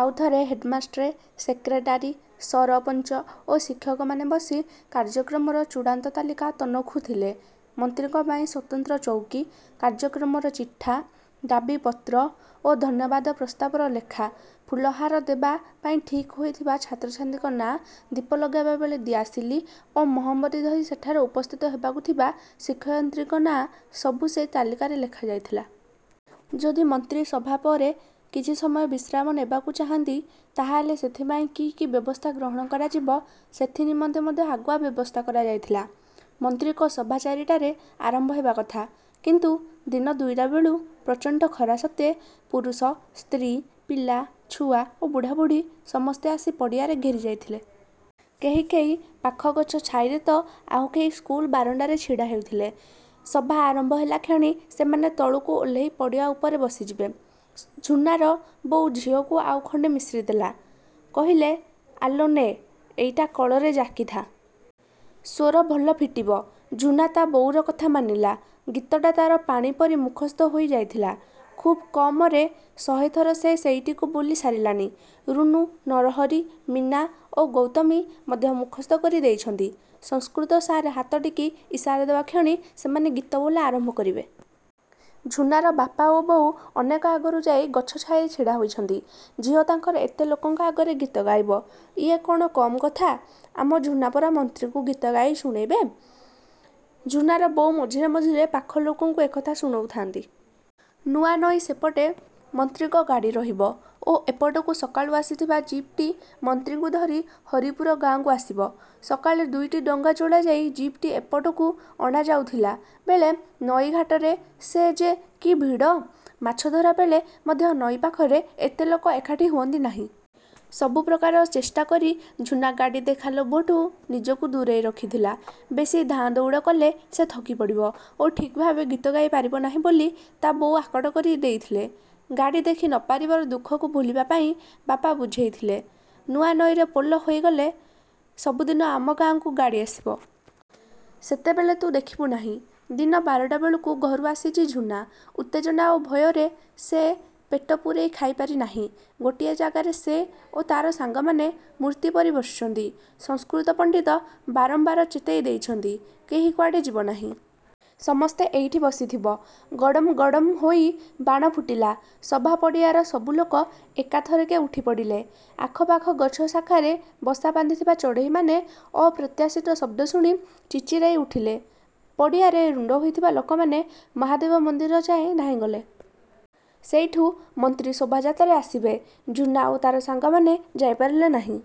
ଆଉ ଥରେ ହେଡ୍‌ମାଷ୍ଟ୍ରେ, ସେକ୍ରେଟାରୀ, ସରପଞ୍ଚ ଓ ଶିକ୍ଷକମାନେ ବସି କାର୍ଯ୍ୟକ୍ରମର ଚୂଡ଼ାନ୍ତ ତାଲିକା ତନଖୁଥିଲେ। ମନ୍ତ୍ରୀଙ୍କ ପାଇଁ ସ୍ୱତନ୍ତ୍ର ଚଉକୀ, କାର୍ଯ୍ୟକ୍ରମର ଚିଠା, ଦାବି ପତ୍ର ଓ ଧନ୍ୟବାଦ ପ୍ରସ୍ତାବର ଲେଖା, ଫୁଲହାର ଦେବା ପାଇଁ ଠିକ୍ ହୋଇଥିବା ଛାତ୍ରଛାତ୍ରୀଙ୍କ ନାଁ, ଦୀପ ଲଗାଇବା ବେଳେ ଦିଆଶିଲି ଓ ମହମବତି ଧରି ସେଠାରେ ଉପସ୍ଥିତ ହେବାକୁ ଥିବା ଶିକ୍ଷୟିତ୍ରୀଙ୍କ ନାଁ ସବୁ ସେଇ ତାଲିକାରେ ଲେଖାଯାଇଥିଲା। ଯଦି ମନ୍ତ୍ରୀ ସଭା ପରେ କିଛି ସମୟ ବିଶ୍ରାମ ନେବାକୁ ଚାହାନ୍ତି ତାହେଲେ ସେଥିପାଇଁ କି କି ବ୍ୟବସ୍ଥା ଗ୍ରହଣ କରାଯିବ ସେଥି ନିମନ୍ତେ ମଧ୍ୟ ଆଗୁଆ ବ୍ୟବସ୍ଥା କରାଯାଇଥିଲା। ମନ୍ତ୍ରୀଙ୍କ ସଭା ଚାରିଟାରେ ଆରମ୍ଭ ହେବା କଥା; କିନ୍ତୁ ଦିନ ଦୁଇଟା ବେଳୁ, ପ୍ରଚଣ୍ଡ ଖରା ସତ୍ତ୍ୱେ, ପୁରୁଷ, ସ୍ତ୍ରୀ, ପିଲା, ଛୁଆ ଓ ବୁଢ଼ା ବୁଢ଼ୀ ସମସ୍ତେ ଆସି ପଡ଼ିଆରେ ଘେରି ଯାଇଥିଲେ। କେହି କେହି ପାଖ ଗଛ ଛାଇରେ ତ ଆଉ କେହି ସ୍କୁଲ ବାରଣ୍ଡାରେ ଛିଡ଼ା ହେଇଥିଲେ, ସଭା ଆରମ୍ଭ ହେଲାକ୍ଷଣି ସେମାନେ ତଳକୁ ଓହ୍ଲେଇ ପଡ଼ିଆ ଉପରେ ବସିଯିବେ। ଝୁନାର ବୋଉ ଝିଅକୁ ଆଉ ଖଣ୍ଡେ ମିଶ୍ରି ଦେଲେ। କହିଲେ, "ଆଲୋ ନେ, ଏଇଟା କଳରେ ଜାକିଥା। ସ୍ୱର ଭଲ ଫିଟିବ।" ଝୁନା ତା ବୋଉର କଥା ମାନିଲା। ଗୀତଟା ତାର ପାଣି ପରି ମୁଖସ୍ଥ ହେଇ ଯାଇଥିଲା। ଖୁବ୍ କମରେ ଶହେଥର ସେ ସେଇଟିକୁ ବୋଲି ସାରିଲାଣି। ରୁନୁ, ନରହରି, ମୀନା ଓ ଗୌତମୀ ମଧ୍ୟ ମୁଖସ୍ଥ କରି ଦେଇଛନ୍ତି। ସଂସ୍କୃତ ସାର୍ ହାତଟେକି ଇସାରା ଦେବା କ୍ଷଣି ସେମାନେ ଗୀତ ବୋଲା ଆରମ୍ଭ କରିବେ। ଝୁନାର ବାପା ଓ ବୋଉ ଅନେକ ଆଗରୁ ଯାଇ ଗଛ ଛାଇରେ ଛିଡ଼ା ହୋଇଛନ୍ତି। ଝିଅ ତାଙ୍କର ଏତେ ଲୋକଙ୍କ ଆଗରେ ଗୀତ ଗାଇବ, ଇଏ କଣ କମ୍ କଥା। "ଆମ ଝୁନା ପରା ମନ୍ତ୍ରୀଙ୍କୁ ଗୀତ ଗାଇ ଶୁଣେଇବେ।" ଝୁନାର ବୋଉ ମଝିରେ ମଝିରେ ପାଖ ଲୋକଙ୍କୁ ଏକଥା ଶୁଣଉଥାଆନ୍ତି। ନୂଆନଈ ସେପଟେ ମନ୍ତ୍ରୀଙ୍କ ଗାଡ଼ି ରହିବ ଓ ଏପଟକୁ ସକାଳୁ ଆସିଥିବା ଜିପ୍‌ଟି ମନ୍ତ୍ରୀଙ୍କୁ ଧରି ହରିପୁର ଗାଁକୁ ଆସିବ। ସକାଳେ ଦୁଇଟି ଡଙ୍ଗା ଯୋଡ଼ାଯାଇ ଜିପ୍‌ଟି ଏପଟକୁ ଅଣାଯାଉଥିଲା ବେଳେ ନଈଘାଟରେ ସେ ଯେ କି ଭିଡ଼! ମାଛଧରା ବେଳେ ମଧ୍ୟ ନଈ ପାଖରେ ଏତେ ଲୋକ ଏକାଠି ହୁଅନ୍ତି ନାହିଁ। ସବୁ ପ୍ରକାର ଚେଷ୍ଟା କରି ଝୁନା ଗାଡ଼ି ଦେଖା ଲୋଭଠୁ ନିଜକୁ ଦୂରେଇ ରଖିଥିଲା। ବେଶୀ ଧାଁ ଦଉଡ଼ କଲେ ସେ ଥକି ପଡ଼ିବ ଓ ଠିକ୍ ଭାବେ ଗୀତ ଗାଇ ପାରିବ ନାହିଁ ବୋଲି ତା ବୋଉ ଆକଟ କରି ଦେଇଥିଲେ। ଗାଡ଼ି ଦେଖି ନ ପାରିବାର ଦୁଃଖକୁ ଭୁଲିବା ପାଇଁ ବାପା ବୁଝେଇଥିଲେ, ନୂଆନଈରେ ପୋଲ ହେଇଗଲେ ସବୁଦିନ ଆମ ଗାଁକୁ ଗାଡ଼ି ଆସିବ। ସେତେବେଳେ ତୁ ଦେଖିବୁ ନାହିଁ! ଦିନ ବାରଟା ବେଳୁ ଘରୁ ଆସିଛି ଝୁନା। ଉତ୍ତେଜନା ଓ ଭୟରେ ସେ ପେଟ ପୂରେଇ ଖାଇପାରି ନାହିଁ। ଗୋଟାଏ ଜାଗାରେ ସେ ଓ ତାର ସାଙ୍ଗମାନେ ମୂର୍ତ୍ତି ପରି ବସିଛନ୍ତି। ସଂସ୍କୃତ ପଣ୍ଡିତ ବାରମ୍ବାର ଚେତେଇ ଦେଇଛନ୍ତି, କେହି କୁଆଡ଼େ ଯିବ ନାହିଁ। ସମସ୍ତେ ଏଇଠି ବସିଥିବ। ଗଡ଼ମ୍ ଗଡମ ହୋଇ ବାଣ ଫୁଟିଲା। ସଭା ପଡ଼ିଆର ସବୁ ଲୋକ ଏକାଥରକେ ଉଠି ପଡ଼ିଲେ। ଆଖପାଖ ଗଛ ଶାଖାରେ ବସା ବାନ୍ଧିଥିବା ଚଢ଼େଇମାନେ ଅପ୍ରତ୍ୟାଶିତ ଶବ୍ଦ ଶୁଣି ଚିର୍ଚିରେଇ ଉଠିଲେ। ପଡ଼ିଆରେ ରୁଣ୍ଡ ହୋଇଥିବା ଲୋକମାନେ ମହାଦେବ ମନ୍ଦିର ଯାଏ ଧାଇଁଗଲେ। ସେଇଠୁ ମନ୍ତ୍ରୀ ଶୋଭାଯାତ୍ରାରେ ଆସିବେ। ଝୁନା ଓ ତାର ସାଙ୍ଗମାନେ ଯାଇପାରିଲେ ନାହିଁ।